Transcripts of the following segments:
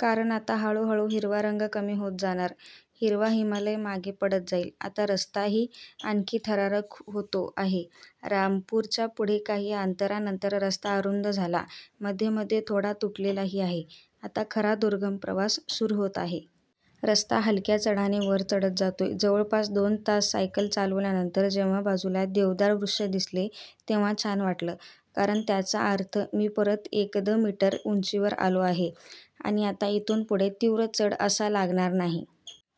कारण आता हळूहळू हिरवा रंग कमी होत जाणार. हिरवा हिमालय मागे पडत जाईल. आता रस्ताही आणखी थरारक होतो आहे. रामपूरच्या पुढे काही अंतरानंतर रस्ता अरुंद झाला. मध्ये मध्ये थोडा तुटलेलाही आहे. आता खरा दुर्गम प्रवास सुरू होत आहे. रस्ता हलक्या चढाने वर चढत जातोय. जवळपास दोन तास सायकल चालवल्यानंतर जेव्हा बाजूला देवदार वृक्ष दिसले, तेव्हा छान वाटलं. कारण त्याचा अर्थ मी परत एकद मीटर उंचीवर आलो आहे आणि आता इथून पुढे तीव्र चढ असा लागणार नही.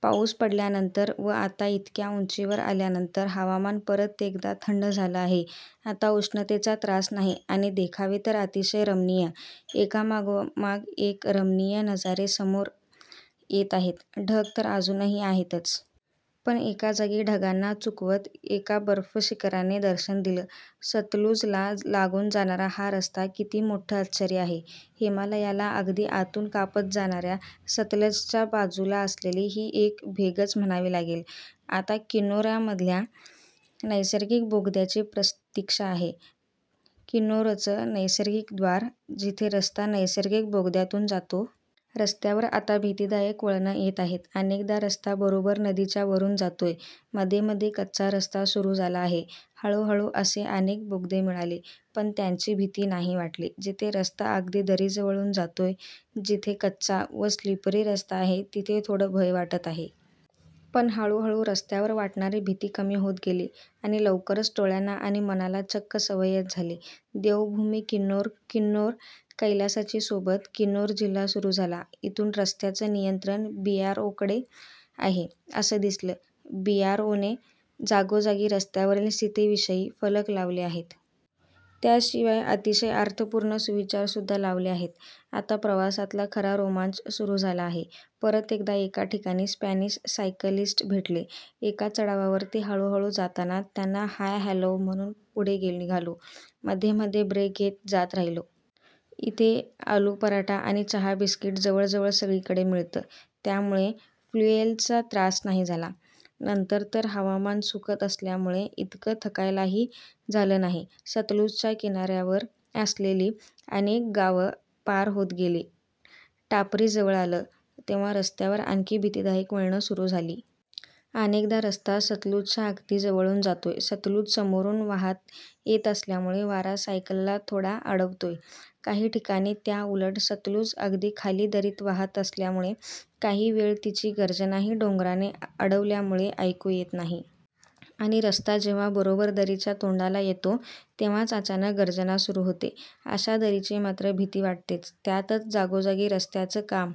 पाऊस पडल्यानंतर व आता इतक्या उंचीवर आल्यानंतर हवामान परत एकदा थंड झालं आहे. आता उष्णतेचा त्रास नाही. आणि देखावे तर अतिशय रमणीय. एकामागोमाग एक रमणीय नजारे समोर येत आहेत. ढग तर अजूनही आहेतच. पण एका जागी ढगांना चुकवत एका बर्फ शिखराने दर्शन दिलं. सतलुजला लागून जाणारा हा रस्ता किती मोठं आश्चर्य आहे. हिमालयाला अगदी आतून कापत जाणाऱ्या सतलजच्या बाजूला असलेली ही एक भेगच म्हणावी लागेल. आता किन्नौरमधल्या नैसर्गिक बोगद्याची प्रतीक्षा आहे, किन्नौरचं नैसर्गिक द्वार, जिथे रस्ता नैसर्गिक बोगद्यातून जातो. रस्त्यावर आता भितीदायक वळणं येत आहेत. अनेकदा रस्ता बरोबर नदीच्या वरून जातोय. मध्ये मध्ये कच्चा रस्ता सुरू झाला आहे. हळूहळू असे अनेक बोगदे मिळाले. पण त्यांची भीती नाही वाटली. जिथे रस्ता अगदी दरीजवळून जातोय, जिथे कच्चा व स्लिपरी रस्ता आहे, तिथे थोडं भय वाटत आहे. पण हळूहळू रस्त्यावर वाटणारी भीती कमी होत गेली. आणि लवकरच डोळ्यांना आणि मनाला चक्क सवयच झाली. देवभूमी किन्नौर. किन्नौर कैलासाची सोबत. किन्नौर जिल्हा सुरू झाला. इथून रस्त्याचं नियंत्रण बीआरओकडे आहे, असं दिसलं. बीआरओने जागोजागी रस्त्यावरील स्थितीविषयी फलक लावले आहेत. त्याशिवाय अतिशय अर्थपूर्ण सुविचारसुद्धा लावले आहेत. आता प्रवासातला खरा रोमांच सुरू झाला आहे. परत एकदा एका ठिकाणी स्पॅनिश सायकलिस्ट भेटले. एका चढावावर ते हळूहळू जाताना त्यांना हाय हॅलो म्हणून पुढे निघालो. मध्ये मध्ये ब्रेक घेत जात राहिलो. इथे आलू पराठा आणि चहा बिस्किट जवळजवळ सगळीकडे मिळतं. त्यामुळे फ्युएलचा त्रास नाही झाला. नंतर तर हवामान सुखद असल्यामुळे इतकं थकायलाही झालं नाही. सतलुजच्या किनाऱ्यावर असलेली अनेक गावं पार होत गेली. टापरी जवळ आलं, तेव्हा रस्त्यावर आणखी भीतीदायक वळणं सुरू झाली. अनेकदा रस्ता सतलुजच्या अगदी जवळून जातोय. सतलुज समोरून वाहात येत असल्यामुळे वारा सायकलला थोडा अडवतोय. काही ठिकाणी त्याउलट सतलुज अगदी खाली दरीत वाहात असल्यामुळे काही वेळ तिची गर्जनाही डोंगराने अडवल्यामुळे ऐकू येत नाही. आणि रस्ता जेव्हा बरोबर दरीच्या तोंडाला येतो, तेव्हाच अचानक गर्जना सुरू होते. अशा दरीची मात्र भीती वाटतेच. त्यातच जागोजागी रस्त्याचं काम